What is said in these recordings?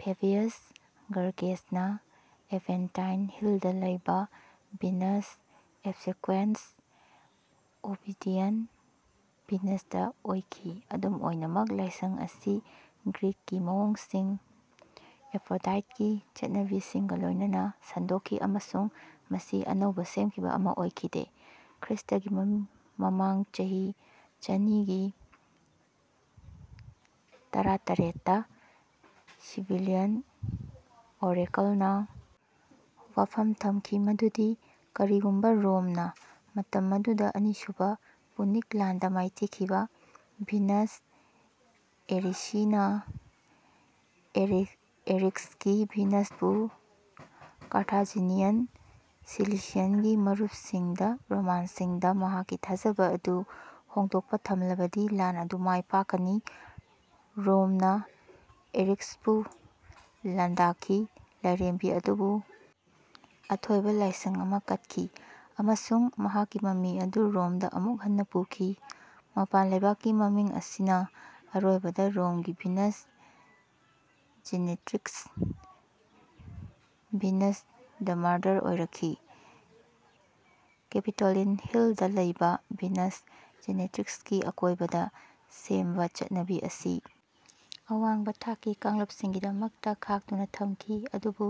Fabius ꯒꯔꯒꯦꯁꯅ Aventine ꯍꯤꯜꯗ ꯂꯩꯕ Venus ꯑꯣꯕꯁꯦꯀ꯭ꯋꯦꯟꯁ (obedient ꯚꯤꯅꯁ)ꯗ ꯑꯣꯏꯈꯤ꯫ ꯑꯗꯨꯝ ꯑꯣꯏꯅꯃꯛ, ꯂꯥꯏꯁꯪ ꯑꯁꯤ ꯒ꯭ꯔꯤꯛꯀꯤ ꯃꯑꯣꯡꯁꯤꯡ (ꯑꯦꯐ꯭ꯔꯣꯗꯥꯏꯠꯀꯤ ꯆꯠꯅꯕꯤꯁꯤꯡ)ꯒ ꯂꯣꯏꯅꯅ ꯁꯟꯗꯣꯛꯈꯤ ꯑꯃꯁꯨꯡ ꯃꯁꯤ ꯑꯅꯧꯕ ꯁꯦꯝꯈꯤꯕ ꯑꯃ ꯑꯣꯏꯈꯤꯗꯦ꯫ ꯈ꯭ꯔꯤꯁ꯭ꯇꯒꯤ ꯃꯃꯥꯡ ꯆꯍꯤ ꯆꯅꯤꯒꯥ ꯇꯔꯥꯇꯔꯦꯠꯇ ꯁꯤꯕꯤꯂꯥꯏꯟ ꯑꯣꯔꯦꯀꯜꯅ ꯋꯥꯐꯝ ꯊꯝꯈꯤ ꯃꯗꯨꯗꯤ ꯀꯔꯤꯒꯨꯝꯕ ꯔꯣꯝꯅ (ꯃꯇꯝ ꯑꯗꯨꯗ ꯑꯅꯤꯁꯨꯕ ꯄꯨꯅꯤꯛ ꯂꯥꯟꯗ ꯃꯥꯏꯊꯤꯈꯤꯕ) ꯚꯤꯅꯁ ꯑꯦꯔꯤꯁꯤꯅꯥ (ꯑꯦꯔꯤꯛꯁꯀꯤ ꯚꯤꯅꯁ)ꯕꯨ ꯀꯥꯔꯊꯥꯖꯤꯅꯤꯌꯟ ꯁꯤꯂꯤꯁꯤꯌꯟꯒꯤ ꯃꯔꯨꯞꯁꯤꯡꯗꯒꯤ ꯔꯣꯃꯥꯟꯁꯤꯡꯗ ꯃꯍꯥꯛꯀꯤ ꯊꯥꯖꯕ ꯑꯗꯨ ꯍꯣꯡꯗꯣꯛꯄ ꯉꯝꯂꯕꯗꯤ ꯂꯥꯟ ꯑꯗꯨ ꯃꯥꯏ ꯄꯥꯛꯀꯅꯤ꯫ ꯔꯣꯝꯅ ꯑꯦꯔꯤꯛꯁꯄꯨ ꯂꯥꯟꯗꯥꯈꯤ, ꯂꯥꯏꯔꯦꯝꯕꯤ ꯑꯗꯨꯕꯨ ꯑꯊꯣꯏꯕ ꯂꯥꯏꯁꯪ ꯑꯃ ꯀꯠꯈꯤ, ꯑꯃꯁꯨꯡ ꯃꯍꯥꯛꯀꯤ ꯃꯃꯤ ꯑꯗꯨ ꯔꯣꯝꯗ ꯑꯃꯨꯛ ꯍꯟꯅ ꯄꯨꯈꯤ꯫ ꯃꯄꯥꯟ ꯂꯩꯕꯥꯛꯀꯤ ꯃꯃꯤ ꯑꯁꯤꯅ ꯑꯔꯣꯏꯕꯗ ꯔꯣꯝꯒꯤ Venus Genetrix (Venus the mother) ꯑꯣꯏꯔꯛꯈꯤ꯫ ꯀꯦꯄꯤꯇꯣꯂꯤꯟ ꯍꯤꯜꯗ ꯂꯩꯕ ꯚꯤꯅꯁ ꯖꯦꯅꯦꯇ꯭ꯔꯤꯛꯁꯀꯤ ꯑꯀꯣꯏꯕꯗ ꯁꯦꯝꯕ ꯆꯠꯅꯕꯤ ꯑꯁꯤ ꯑꯋꯥꯡꯕ ꯊꯥꯛꯀꯤ ꯀꯥꯡꯂꯨꯞꯁꯤꯡꯒꯤꯗꯃꯛꯇ ꯈꯥꯛꯇꯨꯅ ꯊꯝꯈꯤ, ꯑꯗꯨꯕꯨ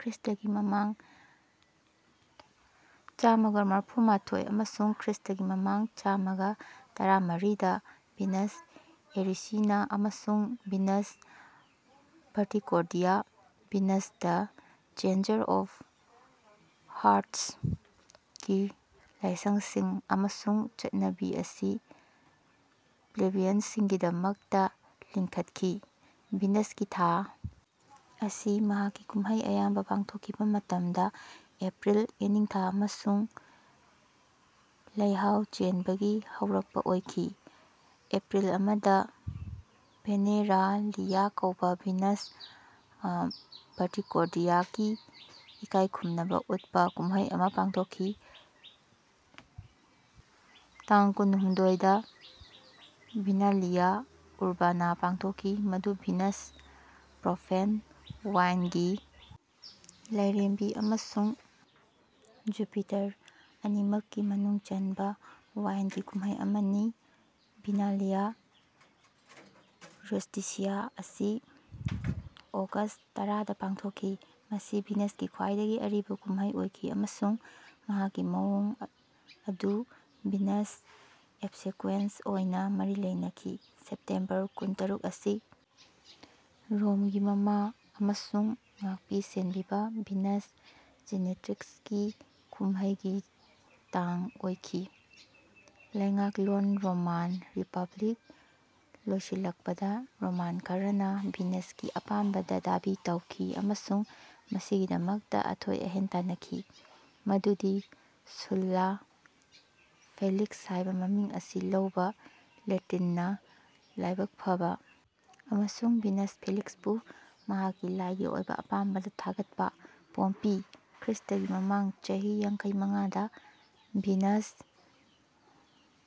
ꯈ꯭ꯔꯤꯁ꯭ꯇꯒꯤ ꯃꯃꯥꯡ ꯆꯥꯝꯃꯥꯒ ꯃꯔꯐꯨꯃꯥꯊꯣꯏ ꯑꯃꯁꯨꯡ ꯈ꯭ꯔꯤꯁ꯭ꯇꯒꯤ ꯃꯃꯥꯡ ꯆꯥꯝꯃꯥꯒ ꯇꯔꯥꯃꯔꯤꯗ ꯚꯤꯅꯁ ꯑꯦꯔꯤꯁꯤꯅꯥ ꯑꯃꯁꯨꯡ Venus Verticordia (Venus the changer of ꯍꯥꯔ꯭ꯠꯁ)ꯒꯤ ꯂꯥꯏꯁꯪꯁꯤꯡ ꯑꯃꯁꯨꯡ ꯆꯠꯅꯕꯤ ꯑꯁꯤ ꯄ꯭ꯂꯦꯕꯤꯌꯟꯁꯤꯡꯒꯤꯗꯃꯛꯇ ꯂꯤꯡꯈꯠꯈꯤ꯫ ꯚꯤꯅꯁꯀꯤ ꯊꯥ ꯑꯁꯤ ꯃꯍꯥꯛꯀꯤ ꯀꯨꯝꯍꯩ ꯑꯌꯥꯝꯕ ꯄꯥꯡꯊꯣꯛꯈꯤꯕ ꯃꯇꯝꯗ ꯑꯦꯄ꯭ꯔꯤꯜ (ꯌꯦꯅꯤꯡꯊꯥ ꯑꯃꯁꯨꯡ ꯂꯩꯍꯥꯎ ꯆꯦꯟꯕꯒꯤ ꯍꯧꯔꯛꯄ) ꯑꯣꯏꯈꯤ꯫ ꯑꯦꯄ꯭ꯔꯤꯜ ꯑꯃꯗ ꯚꯦꯅꯦꯔꯥꯂꯤꯌꯥ ꯀꯧꯕ ꯚꯤꯅꯁ ꯚꯔꯇꯤꯀꯣꯔꯗꯤꯌꯥꯒꯤ ꯏꯀꯥꯏꯈꯨꯝꯅꯕ ꯎꯠꯄ ꯀꯨꯝꯍꯩ ꯑꯃ ꯄꯥꯡꯊꯣꯛꯈꯤ꯫ ꯇꯥꯡ ꯀꯨꯟꯍꯨꯝꯗꯣꯏꯗ ꯚꯤꯅꯥꯂꯤꯌꯥ ꯎꯔꯕꯥꯅꯥ ꯄꯥꯡꯊꯣꯛꯈꯤ ꯃꯗꯨ ꯚꯤꯅꯁ (ꯄ꯭ꯔꯣꯐꯦꯟ ꯋꯥꯏꯟꯒꯤ ꯂꯥꯏꯔꯦꯝꯕꯤ) ꯑꯃꯁꯨꯡ ꯖꯨꯄꯤꯇꯔ ꯑꯅꯤꯃꯛꯀꯤ ꯃꯅꯨꯡ ꯆꯟꯕ ꯋꯥꯏꯟꯒꯤ ꯀꯨꯝꯍꯩ ꯑꯃꯅꯤ꯫ ꯚꯤꯅꯥꯂꯤꯌꯥ ꯔꯨꯁ꯭ꯇꯤꯁꯤꯌꯥ ꯑꯁꯤ ꯑꯣꯒꯁ꯭ꯠ ꯇꯔꯥꯗ ꯄꯥꯡꯊꯣꯛꯈꯤ꯫ ꯃꯁꯤ ꯚꯤꯅꯁꯀꯤ ꯈ꯭ꯋꯥꯏꯗꯒꯤ ꯑꯔꯤꯕ ꯀꯨꯝꯍꯩ ꯑꯣꯏꯈꯤ ꯑꯃꯁꯨꯡ ꯃꯍꯥꯛꯀꯤ ꯃꯑꯣꯡ ꯑꯗꯨ ꯚꯤꯅꯁ ꯑꯣꯕꯁꯦꯀ꯭ꯋꯦꯟꯁ ꯑꯣꯏꯅ ꯃꯔꯤ ꯂꯩꯅꯈꯤ꯫ ꯁꯦꯞꯇꯦꯝꯕꯔ ꯀꯨꯟꯇꯔꯨꯛ ꯑꯁꯤ ꯔꯣꯝꯒꯤ ꯃꯃꯥ ꯑꯃꯁꯨꯡ ꯉꯥꯛꯄꯤ-ꯁꯦꯟꯕꯤꯕ ꯚꯤꯅꯁ ꯖꯦꯅꯦꯇ꯭ꯔꯤꯛꯁꯀꯤ ꯀꯨꯝꯍꯩꯒꯤ ꯇꯥꯡ ꯑꯣꯏꯈꯤ꯫ ꯂꯩꯉꯥꯛꯂꯣꯟ ꯔꯣꯃꯥꯟ ꯔꯤꯄꯕ꯭ꯂꯤꯛ ꯂꯣꯏꯁꯤꯜꯂꯛꯄꯗ, ꯔꯣꯃꯥꯟ ꯈꯔꯅ ꯚꯤꯅꯁꯀꯤ ꯑꯄꯥꯝꯕꯗ ꯗꯥꯕꯤ ꯇꯧꯈꯤ ꯑꯃꯁꯨꯡ ꯃꯁꯤꯒꯤꯗꯃꯛꯇ ꯑꯊꯣꯏ-ꯑꯍꯦꯟ ꯇꯥꯟꯅꯈꯤ, ꯃꯗꯨꯗꯤ ꯁꯨꯜꯂꯥ (ꯐꯦꯂꯤꯛꯁ ꯍꯥꯏꯕ ꯃꯤꯡ ꯑꯁꯤ ꯂꯧꯕ, ꯂꯦꯇꯤꯟꯅ ꯂꯥꯏꯕꯛ ꯐꯕ, ꯑꯃꯁꯨꯡ ꯚꯤꯅꯁ ꯐꯦꯂꯤꯛꯁꯄꯨ ꯃꯍꯥꯛꯀꯤ ꯂꯥꯏꯒꯤ ꯑꯣꯏꯕ ꯑꯄꯥꯝꯕꯗ ꯊꯥꯒꯠꯄ), ꯄꯣꯝꯄꯤ (ꯈ꯭ꯔꯤꯁꯇꯒꯤ ꯃꯃꯥꯡ ꯆꯍꯤ ꯌꯥꯡꯈꯩꯃꯉꯥꯗ ꯚꯤꯅꯁ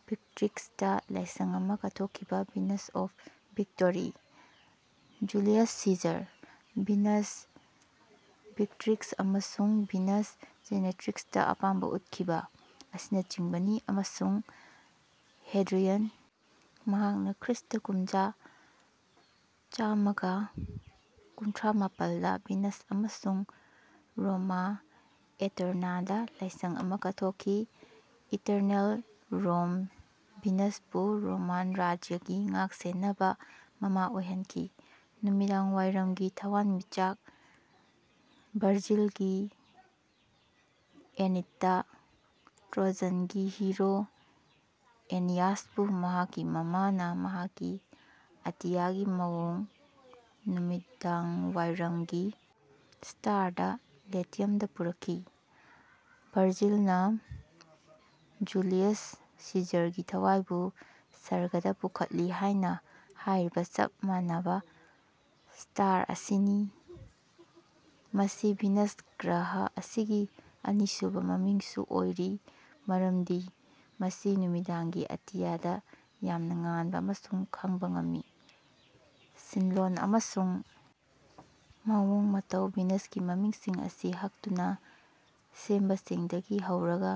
ꯚꯤꯛꯇ꯭ꯔꯤꯛꯁꯇ ꯂꯥꯏꯁꯪ ꯑꯃ ꯀꯠꯊꯣꯛꯈꯤꯕ- Venus of victory), Julius Caesar (Venus Victrix ꯑꯃꯁꯨꯡ ꯚꯤꯅꯁ ꯖꯦꯅꯦꯇ꯭ꯔꯤꯛꯁꯇ ꯑꯄꯥꯝꯕ ꯎꯠꯈꯤꯕ), ꯑꯁꯤꯅꯆꯤꯡꯕꯅꯤ꯫ ꯑꯃꯁꯨꯡ ꯍꯦꯗ꯭ꯔꯤꯌꯟ (ꯃꯍꯥꯛꯅ ꯈ꯭ꯔꯤꯁ꯭ꯠ ꯀꯨꯝꯖꯥ ꯆꯥꯝꯃꯥꯒ ꯀꯨꯟꯊ꯭ꯔꯥꯃꯥꯄꯜꯗ ꯚꯤꯅꯁ ꯑꯃꯁꯨꯡ ꯔꯣꯃꯥ ꯑꯦꯇꯔꯅꯥꯗ ꯂꯥꯏꯁꯪ ꯑꯃ ꯀꯠꯊꯣꯛꯈꯤ ꯏꯇꯔꯅꯦꯜ ꯔꯣꯝ ꯚꯤꯅꯁꯄꯨ ꯔꯣꯃꯥꯟ ꯔꯥꯖ꯭ꯌꯒꯤ ꯉꯥꯛꯁꯦꯟꯕ ꯃꯃꯥ ꯑꯣꯏꯍꯟꯈꯤ꯫ ꯅꯨꯃꯤꯗꯥꯡꯋꯥꯏꯔꯝꯒꯤ ꯊꯋꯥꯟꯃꯤꯆꯥꯛ ꯚꯔꯖꯤꯜꯒꯤ ꯑꯦꯅꯤꯠꯇ, ꯇ꯭ꯔꯣꯖꯟꯒꯤ ꯍꯤꯔꯣ ꯑꯦꯅꯤꯌꯥꯁꯄꯨ ꯃꯍꯥꯛꯀꯤ ꯃꯃꯥꯅ ꯃꯍꯥꯛꯀꯤ ꯑꯇꯤꯌꯥꯒꯤ ꯃꯑꯣꯡ: ꯅꯨꯃꯤꯗꯥꯡꯋꯥꯏꯔꯝꯒꯤ ꯁ꯭ꯇꯥꯔꯗ ꯂꯦꯇꯤꯌꯝꯗ ꯄꯨꯔꯛꯏ꯫ ꯚꯔꯖꯤꯜꯅ ꯖꯨꯂꯤꯌꯁ ꯁꯤꯖꯔꯒꯤ ꯊꯋꯥꯏꯕꯨ ꯁꯔꯒꯗꯥ ꯄꯨꯈꯠꯂꯤ ꯍꯥꯏꯅ ꯍꯥꯏꯔꯤꯕ ꯆꯞ ꯃꯥꯟꯅꯕ ꯁ꯭ꯇꯥꯔ ꯑꯁꯤꯅꯤ꯫ ꯃꯁꯤ ꯚꯤꯅꯁ ꯒ꯭ꯔꯍ ꯑꯁꯤꯒꯤ ꯑꯅꯤꯁꯨꯕ ꯃꯃꯤꯡꯁꯨ ꯑꯣꯏꯔꯤ ꯃꯔꯝꯗꯤ ꯃꯁꯤ ꯅꯨꯃꯤꯗꯥꯡꯒꯤ ꯑꯇꯤꯌꯥꯗ ꯌꯥꯝꯅ ꯉꯥꯟꯕ ꯑꯃꯁꯨꯡ ꯈꯪꯕ ꯉꯝꯃꯤ꯫ ꯁꯤꯟꯂꯣꯟ ꯑꯃꯁꯨꯡ ꯃꯑꯣꯡ ꯃꯇꯧ ꯚꯤꯅꯁꯀꯤ ꯃꯃꯤꯡꯁꯤꯡ ꯑꯁꯤ ꯍꯛꯇꯨꯅ ꯁꯦꯝꯕꯁꯤꯡꯗꯒꯤ ꯍꯧꯔꯒ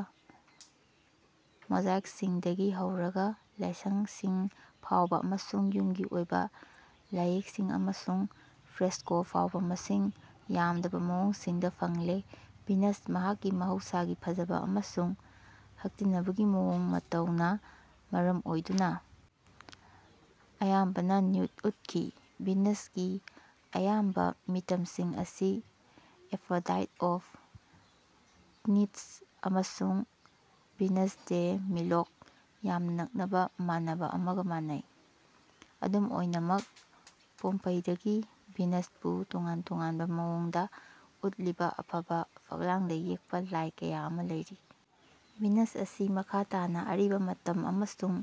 ꯃꯣꯖꯥꯏꯛꯁꯤꯡꯗꯒꯤ ꯍꯧꯔꯒ ꯂꯥꯏꯁꯪꯁꯤꯡ ꯐꯥꯎꯕ ꯑꯃꯁꯨꯡ ꯌꯨꯝꯒꯤ ꯑꯣꯏꯕ ꯂꯥꯏꯌꯦꯛꯁꯤꯡ ꯑꯃꯁꯨꯡ ꯐ꯭ꯔꯦꯁꯀꯣ ꯐꯥꯎꯕ ꯃꯁꯤꯡ ꯌꯥꯝꯗꯕ ꯃꯑꯣꯡꯁꯤꯡꯗ ꯐꯪꯂꯦ꯫ ꯚꯤꯅꯁ, ꯃꯍꯥꯛꯀꯤ ꯃꯍꯧꯁꯥꯒꯤ ꯐꯖꯕ ꯑꯃꯁꯨꯡ ꯍꯛꯇꯤꯟꯅꯕꯒꯤ ꯃꯑꯣꯡ ꯃꯇꯧꯅ ꯃꯔꯝ ꯑꯣꯏꯗꯨꯅ ꯑꯌꯥꯝꯕꯅ ꯅ꯭ꯌꯨꯗ ꯎꯠꯈꯤ꯫ ꯚꯤꯅꯁꯀꯤ ꯑꯌꯥꯝꯕ ꯃꯤꯇꯝꯁꯤꯡ ꯑꯁꯤ ꯑꯦꯐ꯭ꯔꯣꯗꯥꯏꯠ ꯑꯣꯐ ꯀ꯭ꯅꯤꯗꯁ ꯑꯃꯁꯨꯡ ꯚꯤꯅꯁ ꯗꯦ ꯃꯤꯂꯣꯒ ꯌꯥꯝꯅ ꯅꯛꯅꯕ ꯃꯥꯟꯅꯕ ꯑꯃꯒ ꯃꯥꯟꯅꯩ꯫ ꯑꯗꯨꯝ ꯑꯣꯏꯅꯃꯛ, ꯄꯣꯝꯄꯩꯗꯒꯤ ꯚꯤꯅꯁꯄꯨ ꯇꯣꯉꯥꯟ-ꯇꯣꯉꯥꯟꯕ ꯃꯑꯣꯡꯗ ꯎꯠꯂꯤꯕ ꯑꯐꯕ ꯐꯛꯂꯥꯡꯗ ꯌꯦꯛꯄ ꯂꯥꯏ ꯀꯌꯥ ꯑꯃ ꯂꯩꯔꯤ꯫ ꯚꯤꯅꯁ ꯑꯁꯤ ꯃꯈꯥ ꯇꯥꯅ ꯑꯔꯤꯕ ꯃꯇꯝ ꯑꯃꯁꯨꯡ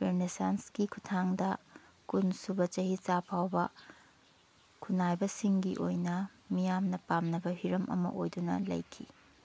ꯔꯦꯅꯦꯁꯥꯟꯁꯀꯤ ꯈꯨꯠꯊꯥꯡꯗ ꯀꯨꯟꯁꯨꯕ ꯆꯍꯤꯆꯥ ꯐꯥꯎꯕ ꯈꯨꯠꯅꯥꯏꯕꯁꯤꯡꯒꯤ ꯑꯣꯏꯅ ꯃꯤꯌꯥꯝꯅ ꯄꯥꯝꯅꯕ ꯍꯤꯔꯝ ꯑꯃ ꯑꯣꯏꯗꯨꯅ ꯂꯩꯈꯤ꯫